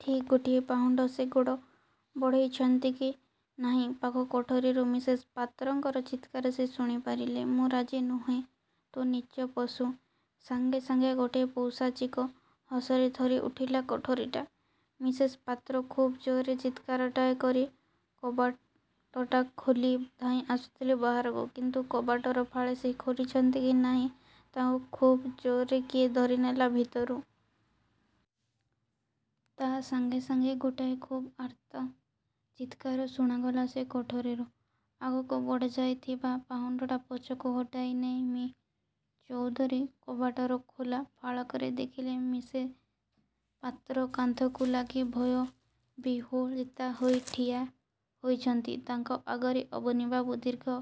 ଠିକ୍ ଗୋଟିଏ ପାହୁଣ୍ଡ ସେ ଗୋଡ଼ ବଢ଼ାଇଛନ୍ତି କି ନାହିଁ ପାଖ କୋଠରୀରୁ ମିସେସ୍ ପାତ୍ରଙ୍କର ଚିତ୍କାର ସେ ଶୁଣି ପାରିଲେ। ''ମୁଁ ରାଜି ନୁହେଁ; ତୁ ନୀଚ, ପଶୁ! '' ସାଙ୍ଗେ ସାଙ୍ଗେ ଗୋଟାଏ ପୈଶାଚିକ ହସରେ ଥରି ଉଠିଲା କୋଠରୀଟା। ମିସେସ୍ ପାତ୍ର ଖୁବ୍ ଜୋର୍ରେ ଚିତ୍କାରଟାଏ କରି କବାଟଟା ଖୋଲି ଧାଇଁ ଆସୁଥିଲେ ବାହାରକୁ, କିନ୍ତୁ କବାଟର ଫାଳେ ସେ ଖୋଲିଛନ୍ତି କି ନାହିଁ, ତାଙ୍କୁ ଖୁବ୍ ଜୋର୍ରେ କିଏ ଧରିନେଲା ଭିତରୁ। ତା' ସାଙ୍ଗେ ସାଙ୍ଗେ ଗୋଟାଏ ଖୁବ୍ ଆର୍ତ୍ତ ଚିତ୍କାର ଶୁଣାଗଲା ସେ କୋଠରୀରୁ। ଆଗକୁ ବଢ଼ାଇଥିବା ପାହୁଣ୍ଡଟା ପଛକୁ ହଟାଇ ନେଇ ମି: ଚୌଧୁରୀ କବାଟର ଖୋଲା ଫାଳକରେ ଦେଖିଲେ ମିସେସ୍ ପାତ୍ର କାନ୍ଥକୁ ଲାଗି ଭୟ-ବିହ୍ୱଳିତା ହୋଇ ଠିଆ ହୋଇଛନ୍ତି। ତାଙ୍କ ଆଗରେ ଅବନୀବାବୁ ଦୀର୍ଘ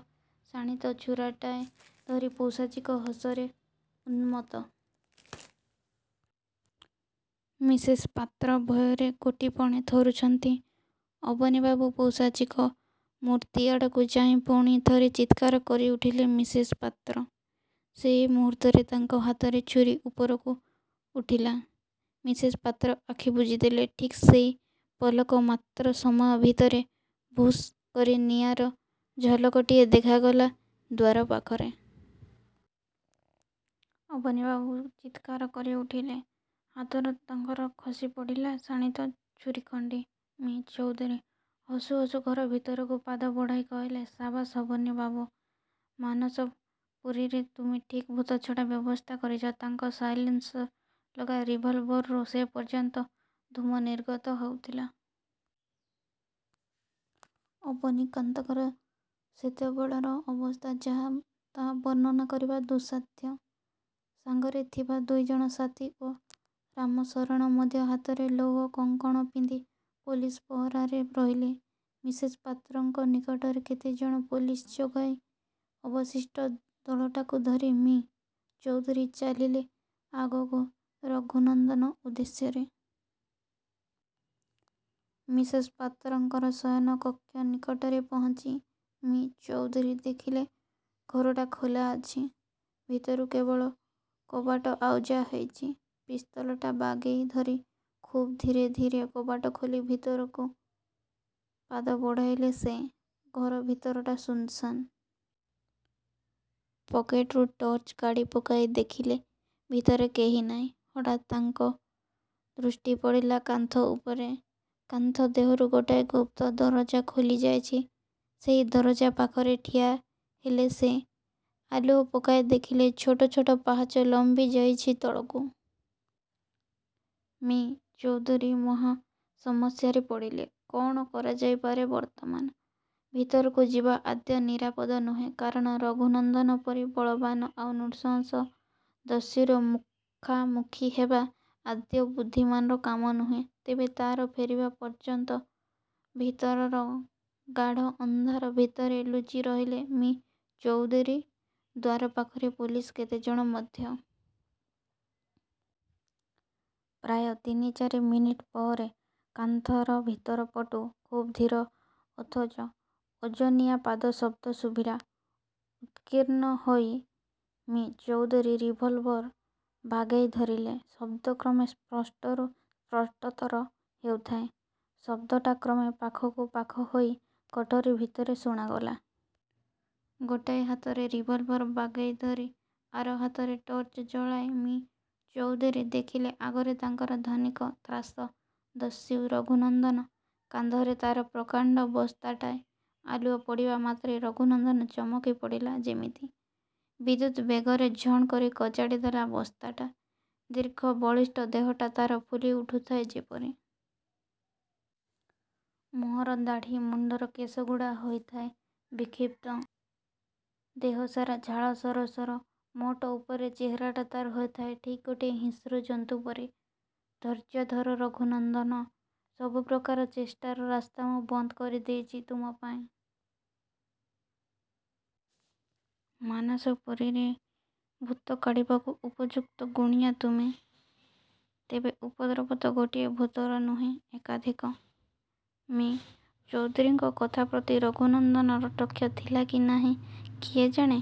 ଶାଣିତ ଛୁରୀଟାଏ ଧରି ପୈଶାଚିକ ହସରେ ଉନ୍ମତ୍ତ। ମିସେସ୍ ପାତ୍ର ଭୟରେ ଗୋଟିପଣେ ଥରୁଛନ୍ତି। ଅବନୀବାବୁ ପୈଶାଚିକ ମୂର୍ତ୍ତିଆଡ଼କୁ ଚାହିଁ ପୁଣି ଥରେ ଚିତ୍କାର କରି ଉଠିଲେ ମିସେସ୍ ପାତ୍ର। ସେଇ ମୁହୂର୍ତ୍ତରେ ତାଙ୍କ ହାତର ଛୁରୀ ଉପରକୁ ଉଠିଲା। ମିସେସ୍ ପାତ୍ର ଆଖି ବୁଜିଦେଲେ-। ଠିକ୍ ସେଇ ପଲକ ମାତ୍ର ସମୟ ଭିତରେ 'ଭଷ୍' କରି ନିଆଁର ଝଲକ୍ଟିଏ ଦେଖାଗଲା ଦ୍ୱାର ପାଖରେ। ଅବନୀବାବୁ ଚିତ୍କାର କରି ଉଠିଲେ। ହାତରୁ ତାଙ୍କର ଖସି ପଡ଼ିଲା ଶାଣିତ ଛୁରୀଖଣ୍ଡି। ମି: ଚୌଧୁରୀ ହସୁ ହସୁ ଘର ଭିତରକୁ ପାଦ ବଢ଼ାଇ। କହିଲେ-''ସାବାସ୍ ଅବନୀବାବୁ! ମାନସପୁରୀରେ ତୁମେ ଠିକ୍ ଭୂତ ଛଡ଼ା ବ୍ୟବସ୍ଥା କରିଛ। '' ତାଙ୍କ ସାଇଲେନସ୍ର ଲଗା ରିଭଲଭରରୁ ସେ ପର୍ଯ୍ୟନ୍ତ ଧୂମ ନିର୍ଗତ ହେଉଥିଲା। ଅବନୀକାନ୍ତଙ୍କର ସେତେବେଳର ଅବସ୍ଥା ଯାହା, ତାହା ବର୍ଣ୍ଣନା କରିବା ଦୁଃସାଧ୍ୟ। ସାଙ୍ଗରେ ଥିବା ଦୁଇଜଣ ସାଥି ଓ ରାମଶରଣ ମଧ୍ୟ ହାତରେ ଲୌହ କଙ୍କଣ ପିନ୍ଧି ପୋଲିସ୍ ପହରାରେ ରହିଲେ। ମିସେସ୍ ପାତ୍ରଙ୍କ ନିକଟରେ କେତେଜଣ ପୋଲିସ୍ ଜଗାଇ ଅବଶିଷ୍ଟ ଦଳଟାକୁ ଧରି ମି: ଚୌଧୁରୀ ଚାଲିଲେ ଆଗକୁ ରଘୁନନ୍ଦନ ଉଦ୍ଦେଶ୍ୟରେ। ମିସେସ୍ ପାତ୍ରଙ୍କର ଶୟନ କକ୍ଷ ନିକଟରେ ପହଞ୍ଚି ମି: ଚୌଧୁରୀ ଦେଖିଲେ ଘରଟା ଖୋଲା ଅଛି। ଭିତରୁ କେବଳ କବାଟ ଆଉଜା ହୋଇଛି। ପିସ୍ତଲଟା ବାଗେଇ ଧରି ଖୁବ୍ ଧୀରେ ଧୀରେ କବାଟ ଖୋଲି ଭିତରକୁ ପାଦ ବଢ଼ାଇଲେ ସେ। ଘର ଭିତରଟା ଶୂନ୍ ଶାନ୍। ପକେଟରୁ ଟର୍ଚ୍ଚ କାଢ଼ି ପକାଇ ଦେଖିଲେ ଭିତରେ କେହି ନାହିଁ। ହଠାତ୍ ତାଙ୍କ ଦୃଷ୍ଟି ପଡ଼ିଲା କାନ୍ଥ ଉପରେ। କାନ୍ଥ ଦେହରୁ ଗୋଟାଏ ଗୁପ୍ତ ଦରଜା ଖୋଲି ଯାଇଛି। ସେଇ ଦରଜା ପାଖରେ ଠିଆ ହେଲେ ସେ-। ଆଲୁଅ ପକାଇ ଦେଖିଲେ ଛୋଟ ଛୋଟ ପାହାଚ ଲମ୍ବି ଯାଇଚି ତଳକୁ। ମି: ଚୌଧୁରୀ ମହା ସମସ୍ୟାରେ ପଡ଼ିଲେ। ''କ'ଣ କରାଯାଇପାରେ ବର୍ତ୍ତମାନ! ଭିତରକୁ ଯିବା ଆଦୌ ନିରାପଦ ନୁହେଁ। କାରଣ ରଘୁନନ୍ଦନ ପରି ବଳବାନ ଆଉ ନୃଶଂସ ଦସ୍ୟୁର ମୁଖାମୁଖି ହେବା ଆଦୌ ବୁଦ୍ଧିମାନର କାମ ନୁହେଁ। ତେବେ ତା'ର ଫେରିବା ପର୍ଯ୍ୟନ୍ତ ଭିତରର ଗାଢ଼ ଅନ୍ଧାର ଭିତରେ ଲୁଚି ରହିଲେ ମି: ଚୌଧୁରୀ; ଦ୍ୱାର ପାଖରେ ପୋଲିସ୍ କେତେଜଣ ମଧ୍ୟ। ପ୍ରାୟ ତିନି ଚାରି ମିନିଟ୍ ପରେ କାନ୍ଥର ଭିତରପଟୁ ଖୁବ୍ ଧୀର ଅଥଚ ଓଜନିଆ ପାଦ ଶବ୍ଦ ଶୁଭିଲା। ଉତ୍କୀର୍ଣ୍ଣ ହୋଇ ମି: ଚୌଧୁରୀ ରିଭଲଭର୍ ବାଗେଇ ଧରିଲେ। ଶବ୍ଦ କ୍ରମେ ସ୍ପଷ୍ଟରୁ ସ୍ପଷ୍ଟତର ହେଉଥାଏ। ଶବ୍ଦଟା କ୍ରମେ ପାଖକୁ ପାଖ ହୋଇ କୋଠରୀ ଭିତରେ ଶୁଣାଗଲା। ଗୋଟାଏ ହାତରେ ରିଭଲଭର୍ ବାଗେଇ ଧରି ଆର ହାତରେ ଟର୍ଚ୍ଚ ଜଳାଇ ମି: ଚୌଧୁରୀ ଦେଖିଲେ, ଆଗରେ ତାଙ୍କର ଧନୀକ-ତ୍ରାସ ଦସ୍ୟୁ ରଘୁନନ୍ଦନ। କାନ୍ଧରେ ତା'ର ପ୍ରକାଣ୍ଡ ବସ୍ତାଟାଏ-। ଆଲୁଅ ପଡ଼ିଲା ମାତ୍ରେ ରଘୁନନ୍ଦନ ଚମକି ପଡ଼ିଲା ଯେମିତି। ବିଦ୍ୟୁତ୍ ବେଗରେ ଝଣ୍ କରି କଚାଡ଼ି ଦେଲା ବସ୍ତାଟା; ଦୀର୍ଘ, ବଳିଷ୍ଟ ଦେହଟା ତା'ର ଫୁଲି ଉଠୁଥାଏ ଯେପରି। ମୁହଁର ଦାଢ଼ି, ମୁଣ୍ଡର କେଶଗୁଡ଼ା ହୋଇଥାଏ ବିକ୍ଷିପ୍ତ। ଦେହ ସାରା ଝାଳ ସରସର। ମୋଟ ଉପରେ ଚେହେରାଟା ତା'ର ହୋଇଥାଏ ଠିକ୍ ଗୋଟାଏ ହିଂସ୍ର ଜନ୍ତୁ ପରି। ''ଧୈର୍ଯ୍ୟ ଧର ରଘୁନନ୍ଦନ! ସବୁ ପ୍ରକାର ଚେଷ୍ଟାର ରାସ୍ତା ମୁଁ ବନ୍ଦ କରି ଦେଇଛି ତୁମ ପାଇଁ। ମାନସପୁରୀରେ ଭୂତ କାଢ଼ିବାକୁ ଉପଯୁକ୍ତ ଗୁଣିଆ ତୁମେ। ତେବେ ଉପଦ୍ରବ ତ ଗୋଟିଏ ଭୂତର ନୁହେଁ, ଏକାଧିକ! '' ମି: ଚୌଧୁରୀଙ୍କ କଥା ପ୍ରତି ରଘୁନନ୍ଦନର ଲକ୍ଷ୍ୟ ଥିଲା କି ନାହିଁ କିଏ ଜାଣେ?